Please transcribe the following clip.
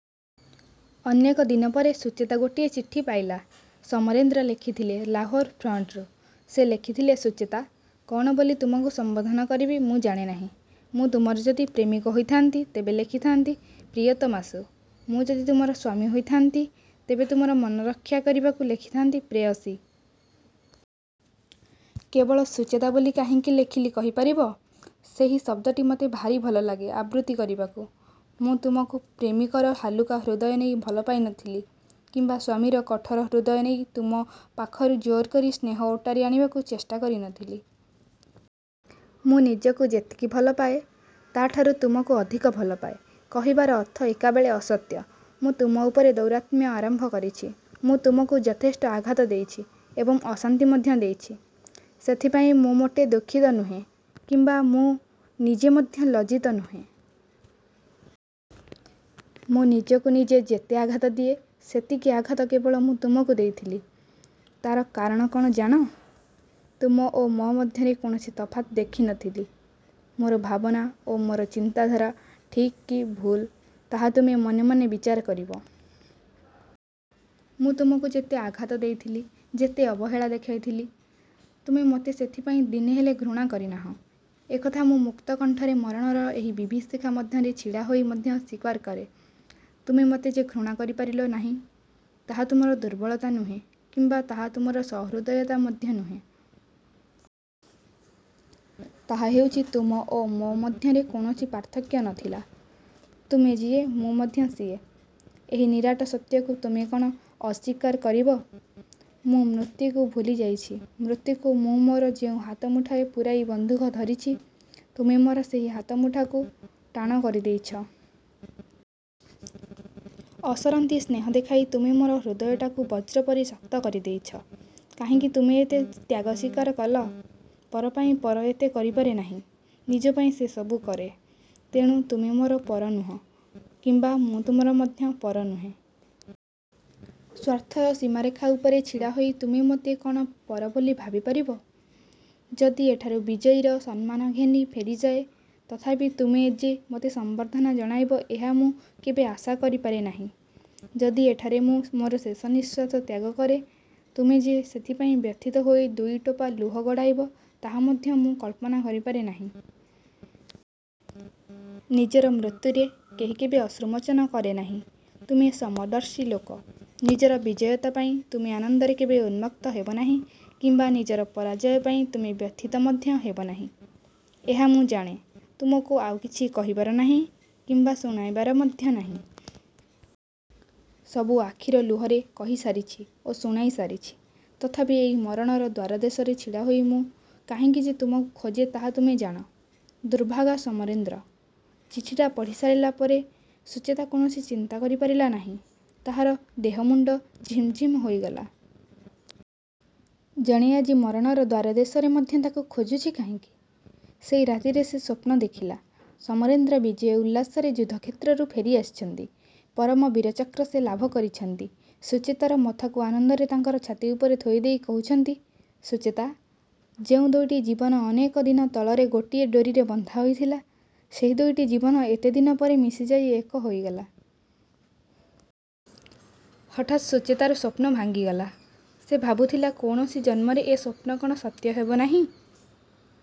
ଅନେକ ଦିନପରେ ସୁଚେତା ଗୋଟିଏ ଚିଠି ପାଇଲା। ସମରେନ୍ଦ୍ର ଲେଖିଥିଲେ ଲାହୋର ଫ୍ରଣ୍ଟରୁ। ସେ ଲେଖିଥିଲେ- ସୁଚେତା! କ'ଣ ବୋଲି ତୁମକୁ ସମ୍ୱୋଧନ କରିବି ମୁଁ ଜାଣେନାହିଁ। ମୁଁ ତୁମର ଯଦି ପ୍ରେମିକ ହୋଇଥାନ୍ତି ତେବେ ଲେଖିଥାନ୍ତି 'ପ୍ରିୟତମାଷୁ'! ମୁଁ ଯଦି ତୁମର ସ୍ୱାମୀ ହୋଇଥାନ୍ତି, ତେବେ ତୁମର ମନ ରକ୍ଷାକରିବାକୁ ଲେଖିଥାନ୍ତି 'ପ୍ରେୟସୀ'। କେବଳ 'ସୁଚେତା' ବୋଲି କାହିଁକି ଲେଖିଲି କହିପାରିବ? ସେହି ଶବ୍ଦଟି ମୋତେ ଭାରି ଭଲଲାଗେ ଆବୃତ୍ତି କରିବାକୁ। ମୁଁ ତୁମକୁ ପ୍ରେମିକର ହାଲୁକା ହୃଦୟ ନେଇ ଭଲ ପାଇନଥିଲି କିମ୍ୱା ସ୍ୱାମୀର କଠୋର ହୃଦୟ ନେଇ ତୁମ ପାଖରୁ ଜୋରକରି ସ୍ନେହ ଓଟାରି ଆଣିବାକୁ ଚେଷ୍ଟା କରିନଥିଲି। ମୁଁ ନିଜକୁ ଯେତିକି ଭଲପାଏ, ତାହାଠାରୁ ତୁମକୁ ଅଧିକ ଭଲପାଏ କହିବାର ଅର୍ଥ ଏକାବେଳେ ଅସତ୍ୟ। ମୁଁ ତୁମ ଉପରେ ଦୌରାତ୍ମ୍ୟ ଆରମ୍ଭ କରିଛି। ମୁଁ ତୁମକୁ ଯଥେଷ୍ଟ ଆଘାତ ଦେଇଛି ଏବଂ ଅଶାନ୍ତି ମଧ୍ୟ ଦେଇଛି। ସେଥିପାଇଁ ମୁଁ ମୋଟେ ଦୁଃଖିତ ନୁହେଁ କିମ୍ୱା ମୁଁ ନିଜେ ମଧ୍ୟ ଲଜ୍ଜିତ ନୁହେଁ। ମୁଁ ନିଜକୁ ନିଜେ ଯେତେ ଆଘାତ ଦିଏ ସେତିକି ଆଘାତ କେବଳ ମୁଁ ତୁମକୁ ଦେଇଥିଲି। ତା'ର କାରଣ କ'ଣ ଜାଣ? ତୁମ ଓ ମୋ ମଧ୍ୟରେ କୌଣସି ତଫାତ୍ ଦେଖି ନ ଥିଲି। ମୋର ଭାବନା ଓ ମୋର ଚିନ୍ତାଧାରା ଠିକ୍ କି ଭୁଲ ତାହା ତୁମେ ମନେମନେ ବିଚାର କରିବ। ମୁଁ ତୁମକୁ ଯେତେ ଆଘାତ ଦେଇଥିଲି, ଯେତେ ଅବହେଳା ଦେଖାଇଥିଲି, ତୁମେ ମୋତେ ସେଥିପାଇଁ ଦିନେହେଲେ ଘୃଣା କରିନାହଁ। ଏକଥା ମୁଁ ମୁକ୍ତକଣ୍ଠରେ ମରଣର ଏହି ବିଭୀଷିକା ମଧ୍ୟରେ ଛିଡ଼ାହୋଇ ମଧ୍ୟ ସ୍ୱୀକାର କରେ। ତୁମେ ମୋତେ ଯେ ଘୃଣା କରିପାରିଲ ନାହିଁ, ତାହା ତୁମର ଦୁର୍ବଳତା ନୁହେଁ କିମ୍ୱା ତାହା ତୁମର ସହୃଦୟତା ମଧ୍ୟ ନୁହେଁ। ତାହା ହେଉଛି ତୁମ ଓ ମୋ ମଧ୍ୟରେ କୌଣସି ପାର୍ଥକ୍ୟ ନ ଥିଲା। ତୁମେ ଯିଏ ମୁଁ ମଧ୍ୟ ସିଏ। ଏହି ନିରାଟ ସତ୍ୟକୁ ତୁମେ କ'ଣ ଅସ୍ୱୀକାର କରିବ? ମୁଁ ମୃତ୍ୟୁକୁ ଭୁଲିଯାଇଛି। ମୃତ୍ୟୁକୁ ମୁଁ ମୋର ଯେଉଁ ହାତମୁଠାରେ ପୂରାଇ ବନ୍ଧୁକ ଧରିଛି, ତୁମେ ମୋର ସେହି ହାତମୁଠାକୁ ଟାଣ କରିଦେଇଛ। ଅସରନ୍ତି ସ୍ନେହ ଦେଖାଇ ତୁମେ ମୋର ହୃଦୟଟାକୁ ବଜ୍ର ପରି ଶକ୍ତ କରିଦେଇଛ। କାହିଁକି ତୁମେ ଏତେ ତ୍ୟାଗ ସ୍ୱୀକାର କଲ? ପର ପାଇଁ ପର ଏତେ କରିପାରେ ନାହିଁ। ନିଜ ପାଇଁ ସେ ସବୁ କରେ। ତେଣୁ ତୁମେ ମୋର ପର ନୁହଁ କିମ୍ୱା ମୁଁ ତୁମର ମଧ୍ୟ ପର ନୁହେଁ। ସ୍ୱାର୍ଥର ସୀମାରେଖା ଉପରେ ଛିଡ଼ାହୋଇ ତୁମେ ମୋତେ କ'ଣ ପର ବୋଲି ଭାବି। ପାରିବ? ଯଦି ଏଠାରୁ ବିଜୟୀର ସମ୍ମାନ ଘେନି ଫେରିଯାଏ ତଥାପି ତୁମେ ଯେ ମୋତେ ସମ୍ୱର୍ଦ୍ଧନା ଜଣାଇବ ଏହା ମୁଁ କେବେ ଆଶା କରିପାରେ ନାହିଁ। ଯଦି ଏଠାରେ ମୁଁ ମୋର ଶେଷନିଶ୍ୱାସ ତ୍ୟାଗକରେ ତୁମେ ଯେ ସେଥିପାଇଁ ବ୍ୟଥିତ ହୋଇ ଦୁଇଟୋପା ଲୁହ ଗଡ଼ାଇବ ତାହା ମଧ୍ୟ ମୁଁ କଳ୍ପନା କରିପାରେ ନାହିଁ। ନିଜର ମୃତ୍ୟୁରେ କେହି କେବେ ଅଶ୍ରୁମୋଚନ କରେ ନାହିଁ। ତୁମେ ସମଦର୍ଶୀ ଲୋକ। ନିଜର ବିଜୟତା ପାଇଁ ତୁମେ ଆନନ୍ଦରେ କେବେ ଉନ୍ମତ୍ତ ହେବନାହିଁ କିମ୍ବା ନିଜର ପରାଜୟ ପାଇଁ ତୁମେ ବ୍ୟଥିତ ମଧ୍ୟ ହେବ ନାହିଁ। ଏହା ମୁଁ ଜାଣେ। ତୁମକୁ ଆଉ କିଛି କହିବାର ନାହିଁ କିମ୍ୱା ଶୁଣାଇବାର ମଧ୍ୟ ନାହିଁ। ସବୁ ଆଖିର ଲୁହରେ କହିସାରିଛି ଓ ଶୁଣାଇ ସାରିଛି। ତଥାପି ଏହି ମରଣର ଦ୍ୱାରଦେଶରେ ଛିଡ଼ାହୋଇ ମୁଁ କାହିଁକି ଯେ ତୁମକୁ ଖୋଜେ ତାହା ତୁମେ ଜାଣ। ଦୁର୍ଭାଗା ସମରେନ୍ଦ୍ର। ଚିଠିଟା ପଢ଼ି ସାରିଲା ପରେ ସୁଚେତା କୌଣସି ଚିନ୍ତା କରିପାରିଲା ନାହିଁ। ତାହାର ଦେହ ମୁଣ୍ଡ ଝିମ୍ଝିମ୍ ହୋଇଗଲା। ଜଣେ ଆଜି ମରଣର ଦ୍ୱାରଦେଶରେ ମଧ୍ୟ ତାକୁ ଖୋଜୁଛି କାହିଁକି? ସେହି ରାତିରେ ସେ ସ୍ୱପ୍ନ ଦେଖିଲା, ''ସମରେନ୍ଦ୍ର ବିଜୟ ଉଲ୍ଲାସରେ ଯୁଦ୍ଧକ୍ଷେତ୍ରରୁ ଫେରିଆସିଛନ୍ତି। 'ପରମବୀର ଚକ୍ର' ସେ ଲାଭ କରିଛନ୍ତି। ସୁଚେତାର ମଥାକୁ ଆନନ୍ଦରେ ତାଙ୍କର ଛାତି ଉପରେ ଥୋଇଦେଇ କହୁଛନ୍ତି 'ସୁଚେତା'! ଯେଉଁ ଦୁଇଟି ଜୀବନ ଅନେକ ଦିନ ତଳରେ ଗୋଟିଏ ଡୋରିରେ ବନ୍ଧା ହୋଇଥିଲା, ସେହି ଦୁଇଟି ଜୀବନ ଏତେଦିନ ପରେ ମିଶିଯାଇ ଏକ ହୋଇଗଲା। '' ହଠାତ୍ ସୁଚେତାର ସ୍ୱପ୍ନ ଭାଙ୍ଗିଗଲା। ସେ ଭାବୁଥିଲା କୌଣସି ଜନ୍ମରେ ଏ ସ୍ୱପ୍ନ କ'ଣ ସତ୍ୟ ହେବ ନାହିଁ?